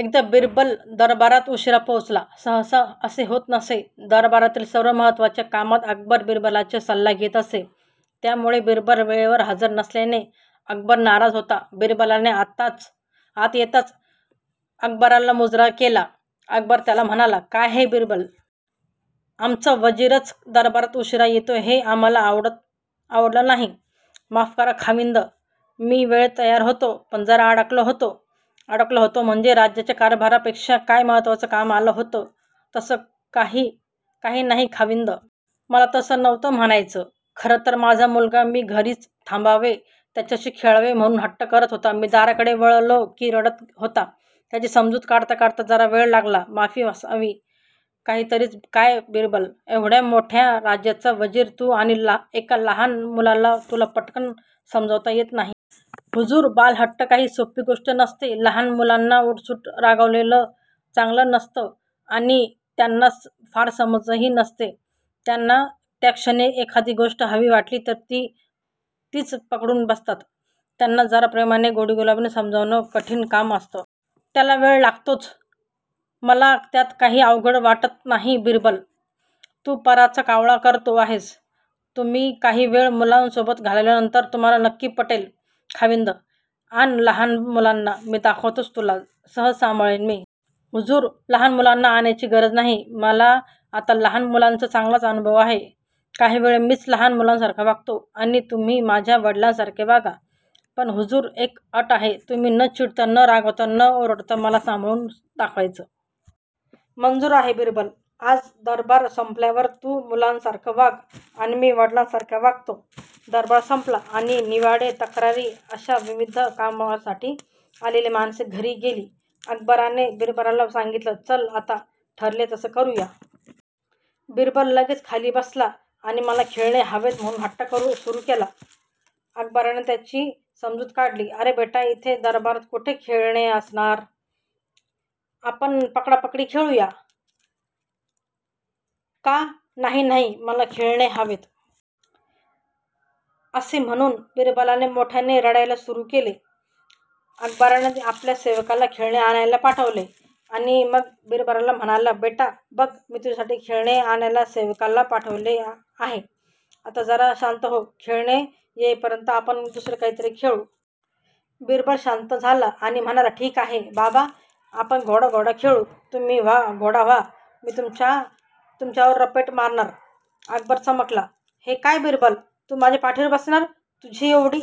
एकदा बिरबल दरबारात उशिरा पोहोचला. सहसा असे होत नसे. दरबारातल्या सर्व महत्वाच्या कामात अकबर बिरबलाच्या सल्ला घेत असे. त्यामुळे बिरबल वेळेवर हजर नसल्याने अकबर नाराज होता. बिरबलाने आत येताच अकबराला मुजरा केला. अकबर त्याला म्हणाला, काय हे बिरबल? आमचा वजीरच दरबारात उशिरा येतोय हे आम्हाला आवडलं नाही. माफ करा खाविंद. मी वेळेत तयार होतो, पण जरा अडकलो होतो. अडकलो होतो म्हणजे, राज्याच्या कारभारापेक्षा काय महत्वाचं काम आलं होतं? तसं नाही खाविंद. मला तसं नव्हतं म्हणायचं. खरं तर माझा मुलगा मी घरीच थांबावे, त्याच्याशी खेळावे म्हणुन हट्ट करत होता. मी दाराकडे वळलो कि रडत होता. त्याची समजुत काढता काढता जरा वेळ लागला. माफी असावी. काहीतरीच काय बिरबल, एवढ्या मोठ्या राज्याचा वजीर तु आणि एका लहान मुलाला तुला पटकन समजावता येत नाही? हुजूर, बालहट्ट काही सोपी गोष्ट नसते. लहान मुलांना उठसूट रागावलेलं चांगलं नसतं आणि त्यांना फार समजही नसते. त्यांना त्याक्षणी एखादी गोष्ट हवी वाटली तर तीच पकडून बसतात. त्यांना जरा प्रेमाने, गोडीगुलाबीने समजावणं कठीण काम असतं. त्याला वेळ लागतोच. मला त्यात काही अवघड वाटत नाही बिरबल. तू पराचा कावळा करतो आहेस. तुम्ही काही वेळ मुलांसोबत घालवल्यावर तुम्हाला नक्की पटेल, खाविंद. आण लहान मुलांना. मी दाखवतोच तुला, सहज सांभाळीन मी. हुजूर, लहान मुलांना आणायची गरज नाही. मला आता लहान मुलांचा चांगलाच अनुभव आहे, काही वेळ मीच लहान मुलांसारखा वागतो आणि तुम्ही माझ्या वडिलांसारखे वागा. पण हुजूर, एक अट आहे. तुम्ही न चिडता, न रागावता, न ओरडता मला सांभाळून दाखवायचं. मंजुर आहे बिरबल, आज दरबार संपल्यावर तु मुलासारखा वाग आणि मी वडिलांसारखा वागतो. दरबार संपला आणि निवाडे, तक्रारी अशा विविध कामांसाठी आलेली माणसे घरी गेली. अकबराने बिरबलाला सांगितले चल आता ठरले तसे करूया. बिरबल लगेच खाली बसला आणि मला खेळणे हवेत म्हणुन हट्ट सुरु केला. अकबराने त्याची समजूत काढली, अरे बेटा, इथे दरबारात कुठे खेळणे असणार? आपण पकडा पकडी खेळूया का? नाही नाही, मला खेळणे हवेत. असे म्हणुन बिरबलाने मोठ्याने रडायला सुरु केले. अकबराने आपल्या सेवकाला खेळणे आणायला पाठवले. आणि मग बिरबलाला म्हणाला बेटा, बघ मी तुझ्यासाठी खेळणे आणायला सेवकाला पाठवले आहे. आता जरा शांत हो. खेळणे येईपर्यंत आपण दुसरे काहीतरी खेळू. बिरबल शांत झाला. आणि म्हणाला ठीक आहे बाबा, आपण घोडा घोडा खेळू. तुम्ही घोडा व्हा, मी तुमच्यावर रपेट मारणार. अकबर चमकला. हे काय बिरबल? तू माझ्या पाठीवर बसणार? तुझी एवढी